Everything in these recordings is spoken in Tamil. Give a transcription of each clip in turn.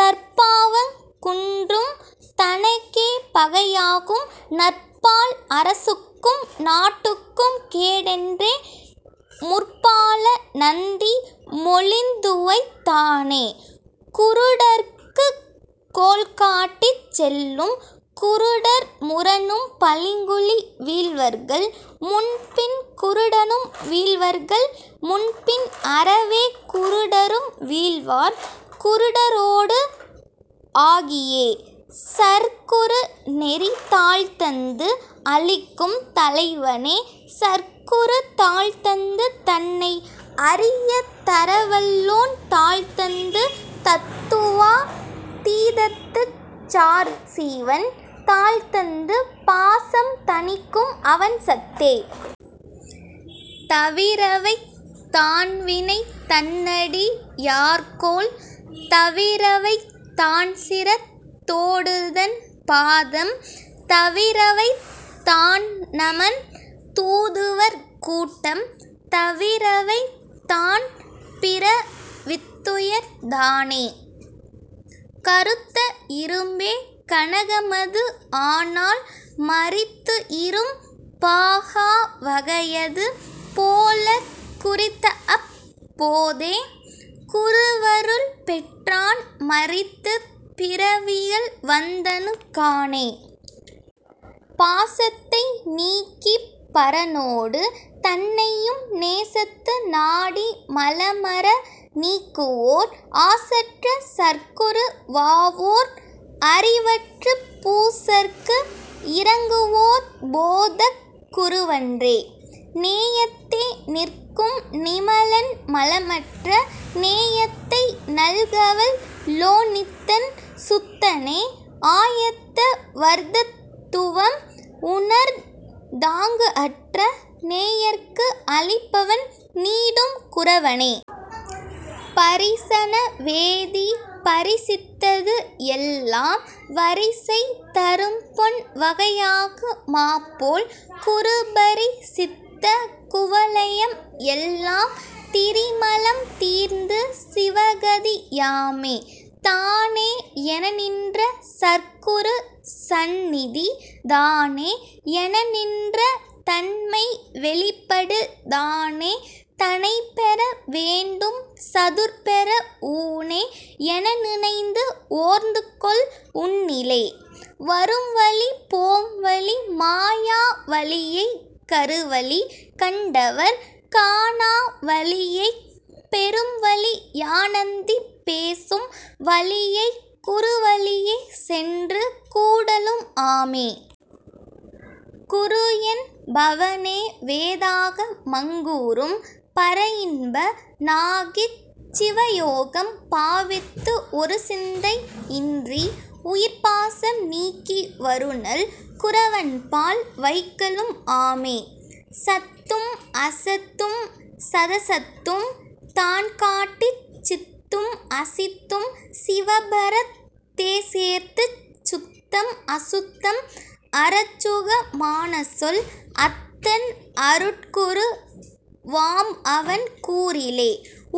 தற்பாவங் குன்றும் தனக்கே பகையாகும் நற்பால் அரசுக்கும் நாட்டுக்கும் கேடென்றே முற்பால நந்தி மொழிந்துவைத் தானே. குருடர்க்குக் கோல்காட்டிச் செல்லும் குருடர் முரணும் பழங்குழி வீழ்வர்கள் முன்பின் குருடனும் வீழ்வர்கள் முன்பின் அறவே குருடரும் வீழ்வார் குருடரோடு ஆகியே.. சற்குரு நெறி தாள்தந்து அளிக்கும் தலைவனே சற்குரு தாள்தந்து தன்னை அறியத் தரவல்லோன் தாள்தந்து தத்துவா தீதத்துச் சார்சீவன் தாள்தந்து பாசம் தணிக்கும் அவன்சத்தே. தவிரவைத் தான்வினை தன்னடி யார்கோள் தவிரவைத் தான்சிரத் தோடுதன் பாதம் தவிரவைத் தான்நமன் தூதுவர் கூட்டம் தவிரவைத் தான் பிற வித்துயர் தானே. கறுத்த இரும்பே கனகமது ஆனால் மறித்துஇரும் பாகா வகையது போலக் குறித்தஅப் போதே குருவருள் பெற்றான் மறித்துப் பிறவியல் வந்தணு கானே. பாசத்தை நீக்கிப் பரனோடு தன்னையும் நேசத்து நாடி மலமற நீக்குவோர் ஆசற்ற சற்குரு வாவோர் அறிவற்றுப் பூசற்கு இரங்குவோர் போதக் குருவன்றே. நேயத்தே நிற்கும் நிமலன் மலமற்ற நேயத்தை நல்கவல் லோன்நித்தன் சுத்தனே ஆயத்த வர்தத் துவம் உணர்ந் தாங்குஅற்ற நேயர்க்கு அளிப்பவன் நீடும் குரவனே. பரிசன வேதி பரிசித்தது எல்லாம் வரிசை தரும்பொன் வகையாகு மாபோல் குருபரி சித்த குவலயம் எல்லாம் திரிமலம் தீர்ந்து சிவகதி யாமே. தானே எனநின்ற சற்குரு சந்நிதி தானே எனநின்ற தன்மை வெளிப்படு தானே தனைப்பெற வேண்டும் சதுர்பெற ஊனே எனநினைந்து ஓர்ந்துகொள் உன்னிலே. வரும்வழி போம்வழி மாயா வழியைக் கருவழி கண்டவர் காணா வழியைக் பெரும்வழி யாநந்தி பேசும் வழியைக் குருவழியே சென்று கூடலும் ஆமே. குருஎன் பவனே வேதாக மங்கூறும் பரஇன்ப னாகிச் சிவயோகம் பாவித்து ஒருசிந்தை யின்றி உயிர்பாசம் நீக்கி வருநல் குரவன்பால் வைக்கலும் ஆமே. சத்தும் அசத்தும் சதசத்தும் தான்காட்டிச் சித்தும் அசித்தும் சிவபரத் தேசேர்த்துச் சுத்தம் அசுத்தம் அறச்சுக மானசொல் அத்தன் அருட்குரு வாம்அவன் கூறிலே.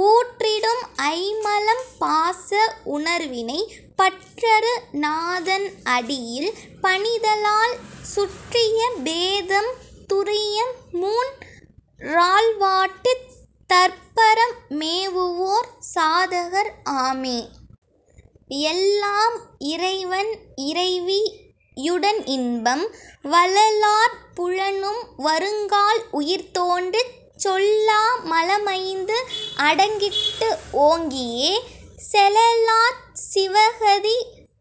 ஊற்றிடும் ஐம்மலம் பாச உணர்வினை பற்றறு நாதன் அடியில் பணிதலால் சுற்றிய பேதம் துரியம் மூன் றால்வாட்டித் தற்பரம் மேவுவோர் சாதகர் ஆமே. எல்லாம் இறைவன் இறைவி யுடன்இன்பம் வலலார் புலனும் வருங்கால் உயிர்தோன்றிச் சொல்லா மலம்ஐந்து அடங்கிட்டு ஓங்கியே செலலாச் சிவகதி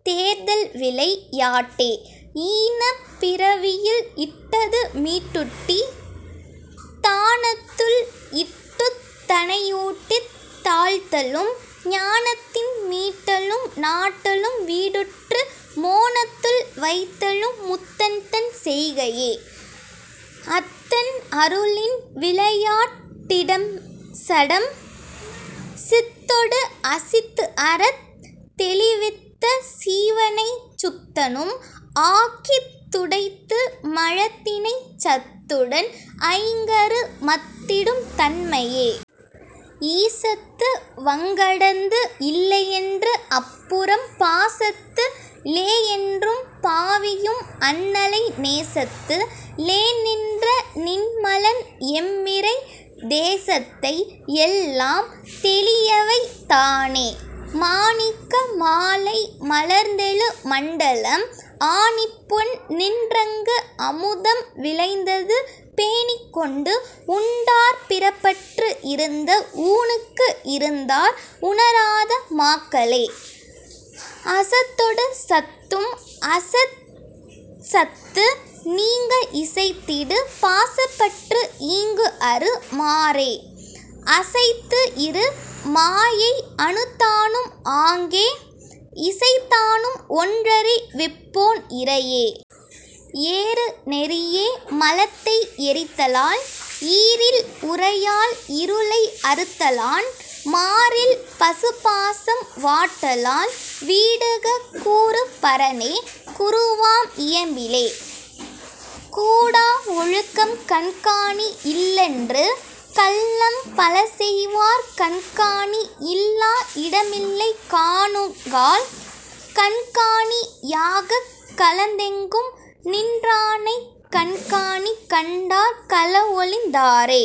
சேர்தல்விளை யாட்டே. ஈனப் பிறவியில் இட்டது மீட்டுட்டித் தானத்துள் இட்டுத் தனையூட்டித் தாழ்த்தலும் ஞானத்தின் மீட்டலும் நாட்டலும் வீடுற்று மோனத்துள் வைத்தலும் முத்தன்தன் செய்கையே. அத்தன் அருளின் விளையாட் டிடம்சடம் சித்தொடு அசித்துஅறத் தெளிவித்த சீவனைச் சுத்தனும் ஆக்கித் துடைத்து மலத்தினைச் சத்துடன் ஐங்கரு மத்திடும் தன்மையே. ஈசத்து வங்கடந்து இல்லையென்று அப்புறம் பாசத்து ளேயென்றும் பாவியும் அண்ணலை நேசத்து ளேநின்ற நின்மலன் எம்மிறை தேசத்தை எல்லாம் தெளியவைத் தானே. மாணிக்க மாலை மலர்ந்தெழு மண்டலம் ஆணிப்பொன் நின்றங்கு அமுதம் விளைந்தது பேணிக்கொண்டு உண்டார் பிறப்பற்று இருந்த ஊனுக்கு இருந்தார் உணராத மாக்களே. அசத்தொடு சத்தும் அசத்சத்து நீங்க இசைத்திடு பாசப்பற்று ஈங்குஅறு மாறே அசைத்துஇரு மாயை அனுத்தானும் ஆங்கே இசைத்தானும் ஒன்றறி விப்போன் இறையே. ஏறு நெறியே மலத்தை எரித்தலால் ஈறில் உரையால் இருளை அறுத்தலான் மாறில் பசுபாசம் வாட்டலால் வீடுக கூறு பரனே குருவாம் இயம்பிலே.. கூடா ஒழுக்கம் கண்காணி இல்லென்று கள்ளம் பலசெய்வார் கண்காணி இல்லா இடமில்லை காணுங்கால் கண்காணி யாகக் கலந்தெங்கும் நின்றானைக் கண்காணி கண்டார் களஒழிந் தாரே.